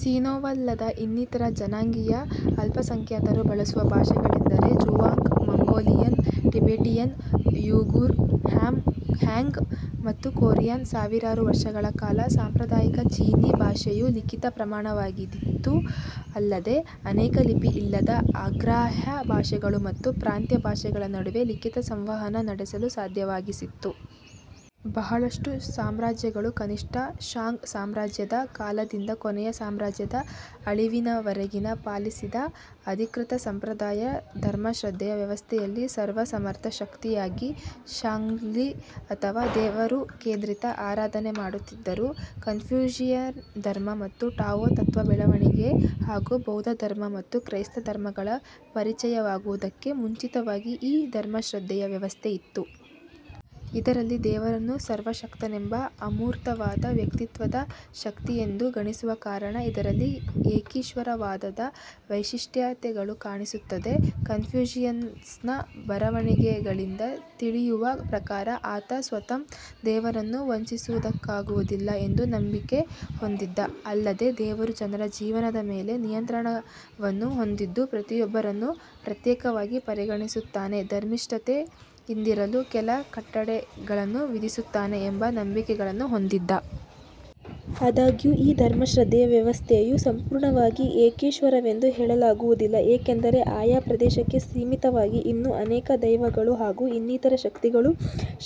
ಸಿನೋವಲ್ಲದ ಇನ್ನಿತರ ಜನಾಂಗೀಯ ಅಲ್ಪಸಂಖ್ಯಾತರು ಬಳಸುವ ಭಾಷೆಗಳೆಂದರೆ Zhuang, Mongolian, Tibetan, Uyghur, Hmong ಮತ್ತು ಕೊರಿಯನ್. ಸಾವಿರಾರು ವರ್ಷಗಳ ಕಾಲ ಸಾಂಪ್ರದಾಯಿಕ ಚೀನೀ ಭಾಷೆಯು ಲಿಖಿತ ಪ್ರಮಾಣವಾಗಿದ್ದಿತು, ಅಲ್ಲದೇ ಅನೇಕ ಲಿಪಿಯಿಲ್ಲದ, ಅಗ್ರಾಹ್ಯ ಭಾಷೆಗಳು ಮತ್ತು ಪ್ರಾಂತ್ಯ ಭಾಷೆಗಳ ನಡುವೆ ಲಿಖಿತ ಸಂವಹನ ನಡೆಸಲು ಸಾಧ್ಯವಾಗಿಸಿತ್ತು. ಬಹಳಷ್ಟು ಸಾಮ್ರಾಜ್ಯಗಳು ಕನಿಷ್ಟ ಷಾಂಗ್ ಸಾಮ್ರಾಜ್ಯ ದ ಕಾಲದಿಂದ ಕೊನೆಯ ಸಾಮ್ರಾಜ್ಯದ ಅಳಿವಿನವರೆಗಿನ ಪಾಲಿಸಿದ "ಅಧಿಕೃತ" ಸಂಪ್ರದಾಯ ಧರ್ಮಶ್ರದ್ಧೆಯ ವ್ಯವಸ್ಥೆಯಲ್ಲಿ ಸರ್ವಸಮರ್ಥ ಶಕ್ತಿ ಯಾಗಿ ಷಾಂಗ್ದಿ ಅಥವಾ " ದೇವರು " ಕೇಂದ್ರಿತ ಆರಾಧನೆ ಮಾಡುತ್ತಿದ್ದರು. ಕನ್ಫ್ಯೂಷಿಯನ್ ಧರ್ಮ ಮತ್ತು ಟಾವೋ ತತ್ವ ಬೆಳವಣಿಗೆ ಹಾಗೂ ಬೌದ್ಧ ಧರ್ಮ ಮತ್ತು ಕ್ರೈಸ್ತ ಧರ್ಮಗಳ ಪರಿಚಯವಾಗುವುದಕ್ಕೆ ಮುಂಚಿತವಾಗಿ ಈ ಧರ್ಮಶ್ರದ್ಧೆಯ ವ್ಯವಸ್ಥೆಯಿತ್ತು.. ಇದರಲ್ಲಿ ದೇವರನ್ನು ಸರ್ವಶಕ್ತನೆಂಬ ಅಮೂರ್ತವಾದ ವ್ಯಕ್ತಿತ್ವದ ಶಕ್ತಿಯೆಂದು ಗಣಿಸುವ ಕಾರಣ ಇದರಲ್ಲಿ ಏಕೀಶ್ವರವಾದದ ವೈಶಿಷ್ಟ್ಯತೆಗಳು ಕಾಣಿಸುತ್ತದೆ. ಕನ್ಫ್ಯೂಷಿಯಸ್ನ ಬರವಣಿಗೆಗಳಿಂದ ತಿಳಿಯುವ ಪ್ರಕಾರ, ಆತ ಸ್ವತಃ ದೇವರನ್ನು ವಂಚಿಸುವುದಕ್ಕಾಗುವುದಿಲ್ಲ ಎಂದು ನಂಬಿಕೆ ಹೊಂದಿದ್ದ, ಅಲ್ಲದೇ ದೇವರು ಜನರ ಜೀವನದ ಮೇಲೆ ನಿಯಂತ್ರಣವನ್ನು ಹೊಂದಿದ್ದು, ಪ್ರತಿಯೊಬ್ಬರನ್ನು ಪ್ರತ್ಯೇಕವಾಗಿ ಪರಿಗಣಿಸುತ್ತಾನೆ, ಧರ್ಮಿಷ್ಠತೆ ಯಿಂದಿರಲು ಕೆಲ ಕಟ್ಟಳೆಗಳನ್ನು ವಿಧಿಸುತ್ತಾನೆ ಎಂಬ ನಂಬಿಕೆಗಳನ್ನು ಹೊಂದಿದ್ದ. ಆದಾಗ್ಯೂ ಈ ಧರ್ಮಶ್ರದ್ಧೆಯ ವ್ಯವಸ್ಥೆಯು ಸಂಪೂರ್ಣವಾಗಿ ಏಕೀಶ್ವರವೆಂದು ಹೇಳಲಾಗುವುದಿಲ್ಲ, ಏಕೆಂದರೆ ಆಯಾ ಪ್ರದೇಶಕ್ಕೆ ಸೀಮಿತವಾಗಿ ಇನ್ನೂ ಅನೇಕ ದೈವಗಳು ಹಾಗೂ ಇನ್ನಿತರ ಶಕ್ತಿಗಳು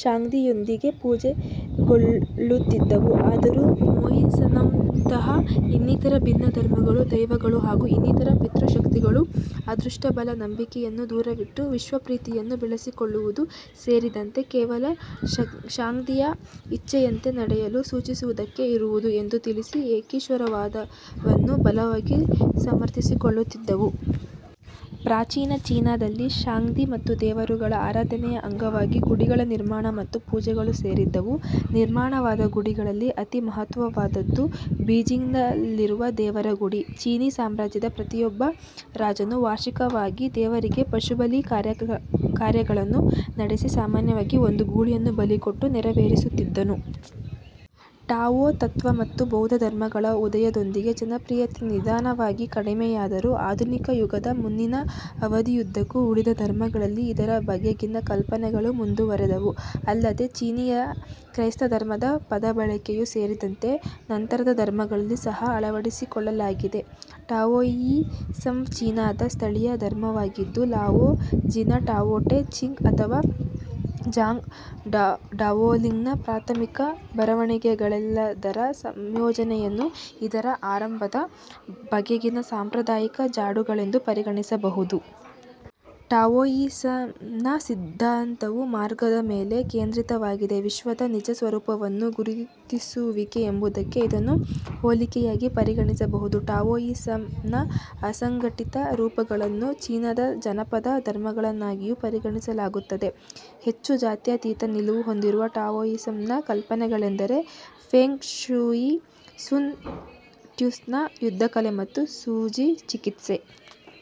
ಷಾಂಗ್ದಿ ಯೊಂದಿಗೆ ಪೂಜೆಗೊಳ್ಳುತ್ತಿದ್ದವು. ಆದರೂ ಮೋಹಿಸಂನಂತಹಾ ಇನ್ನಿತರ ಭಿನ್ನ ಧರ್ಮಗಳು, ದೈವಗಳು ಹಾಗೂ ಇನ್ನಿತರ ಪಿತೃ ಶಕ್ತಿಗಳು ಅದೃಷ್ಟಬಲ ನಂಬಿಕೆ ಯನ್ನು ದೂರವಿಟ್ಟು, "ವಿಶ್ವ ಪ್ರೀತಿ"ಯನ್ನು ಬೆಳೆಸಿಕೊಳ್ಳುವುದೂ ಸೇರಿದಂತೆ ಕೇವಲ ಷಾಂಗ್ದಿ ಯ ಇಚ್ಛೆಯಂತೆ ನಡೆಯಲು ಸೂಚಿಸುವುದಕ್ಕೆ ಇರುವುದು ಎಂದು ತಿಳಿಸಿ ಏಕೀಶ್ವರವಾದವನ್ನು ಬಲವಾಗಿ ಸಮರ್ಥಿಸಿಕೊಳ್ಳುತ್ತಿದ್ದವು. ಪ್ರಾಚೀನ ಚೀನಾದಲ್ಲಿ ಷಾಂಗ್ದಿ ಮತ್ತು ದೇವರುಗಳ ಆರಾಧನೆಯ ಅಂಗವಾಗಿ ಗುಡಿಗಳ ನಿರ್ಮಾಣ ಮತ್ತು ಪೂಜೆಗಳು ಸೇರಿದ್ದವು. ನಿರ್ಮಾಣವಾದ ಗುಡಿಗಳಲ್ಲಿ ಅತಿ ಮಹತ್ವವಾದದ್ದು ಬೀಜಿಂಗ್ನಲ್ಲಿರುವ ದೇವರ ಗುಡಿ. ಚೀನೀ ಸಾಮ್ರಾಜ್ಯದ ಪ್ರತಿಯೊಬ್ಬ ರಾಜನೂ ವಾರ್ಷಿಕವಾಗಿ ದೇವರಿಗೆ ಪಶುಬಲಿ ಕಾರ್ಯ ಗಳನ್ನು ನಡೆಸಿ ಸಾಮಾನ್ಯವಾಗಿ ಒಂದು ಗೂಳಿಯನ್ನು ಬಲಿಕೊಟ್ಟು ನೆರವೇರಿಸುತ್ತಿದ್ದನು. ಟಾವೋ ತತ್ವ ಮತ್ತು ಬೌದ್ಧ ಧರ್ಮಗಳ ಉದಯದೊಂದಿಗೆ ಜನಪ್ರಿಯತೆ ನಿಧಾನವಾಗಿ ಕಡಿಮೆಯಾದರೂ, ಆಧುನಿಕಯುಗದ ಮುನ್ನಿನ ಅವಧಿಯುದ್ದಕ್ಕೂ ಉಳಿದ ಧರ್ಮಗಳಲ್ಲಿ ಇದರ ಬಗೆಗಿನ ಕಲ್ಪನೆಗಳು ಮುಂದುವರೆದವು, ಅಲ್ಲದೇ ಚೀನೀಯ ಕ್ರೈಸ್ತಧರ್ಮದ ಪದಬಳಕೆಯೂ ಸೇರಿದಂತೆ ನಂತರದ ಧರ್ಮಗಳಲ್ಲಿ ಸಹಾ ಅಳವಡಿಸಿಕೊಳ್ಳಲಾಗಿದೆ. ಟಾವೋಯಿಸಂವು ಚೀನಾದ ಸ್ಥಳೀಯ ಧರ್ಮವಾಗಿದ್ದು, ಲಾವೋ ಝಿನ ಟಾವೋ ಟೆ ಚಿಂಗ್ ಅಥವಾ ಝಾಂಗ್ ಡಾವೋಲಿಂಗ್ನ ಪ್ರಾಥಮಿಕ ಬರವಣಿಗೆಗಳೆಲ್ಲದರ ಸಂಯೋಜನೆಯನ್ನು ಇದರ ಆರಂಭದ ಬಗೆಗಿನ ಸಾಂಪ್ರದಾಯಿಕ ಜಾಡುಗಳೆಂದು ಪರಿಗಣಿಸಬಹುದು. ಟಾವೋಯಿಸಂನ ಸಿದ್ಧಾಂತವು " ಮಾರ್ಗ "ದ ಮೇಲೆ ಕೇಂದ್ರಿತವಾಗಿದೆ; ವಿಶ್ವದ ನಿಜ ಸ್ವರೂಪವನ್ನು ಗುರುತಿಸುವಿಕೆ ಎಂಬುದಕ್ಕೆ ಇದನ್ನು ಹೋಲಿಕೆಯಾಗಿ ಪರಿಗಣಿಸಬಹುದು. ಟಾವೋಯಿಸಂನ ಅಸಂಘಟಿತ ರೂಪಗಳನ್ನು ಚೀನಾದ ಜನಪದ ಧರ್ಮಗಳನ್ನಾಗಿಯೂ ಪರಿಗಣಿಸಲಾಗುತ್ತದೆ. ಹೆಚ್ಚು ಜಾತ್ಯಾತೀತ ನಿಲುವು ಹೊಂದಿರುವ ಟಾವೋಯಿಸಂನ ಕಲ್ಪನೆಗಳೆಂದರೆ ಫೆಂಗ್ ಶೂಯಿ, ಸುನ್ ಟ್ಸುನ ಯುದ್ಧಕಲೆ, ಮತ್ತು ಸೂಜಿ ಚಿಕಿತ್ಸೆ.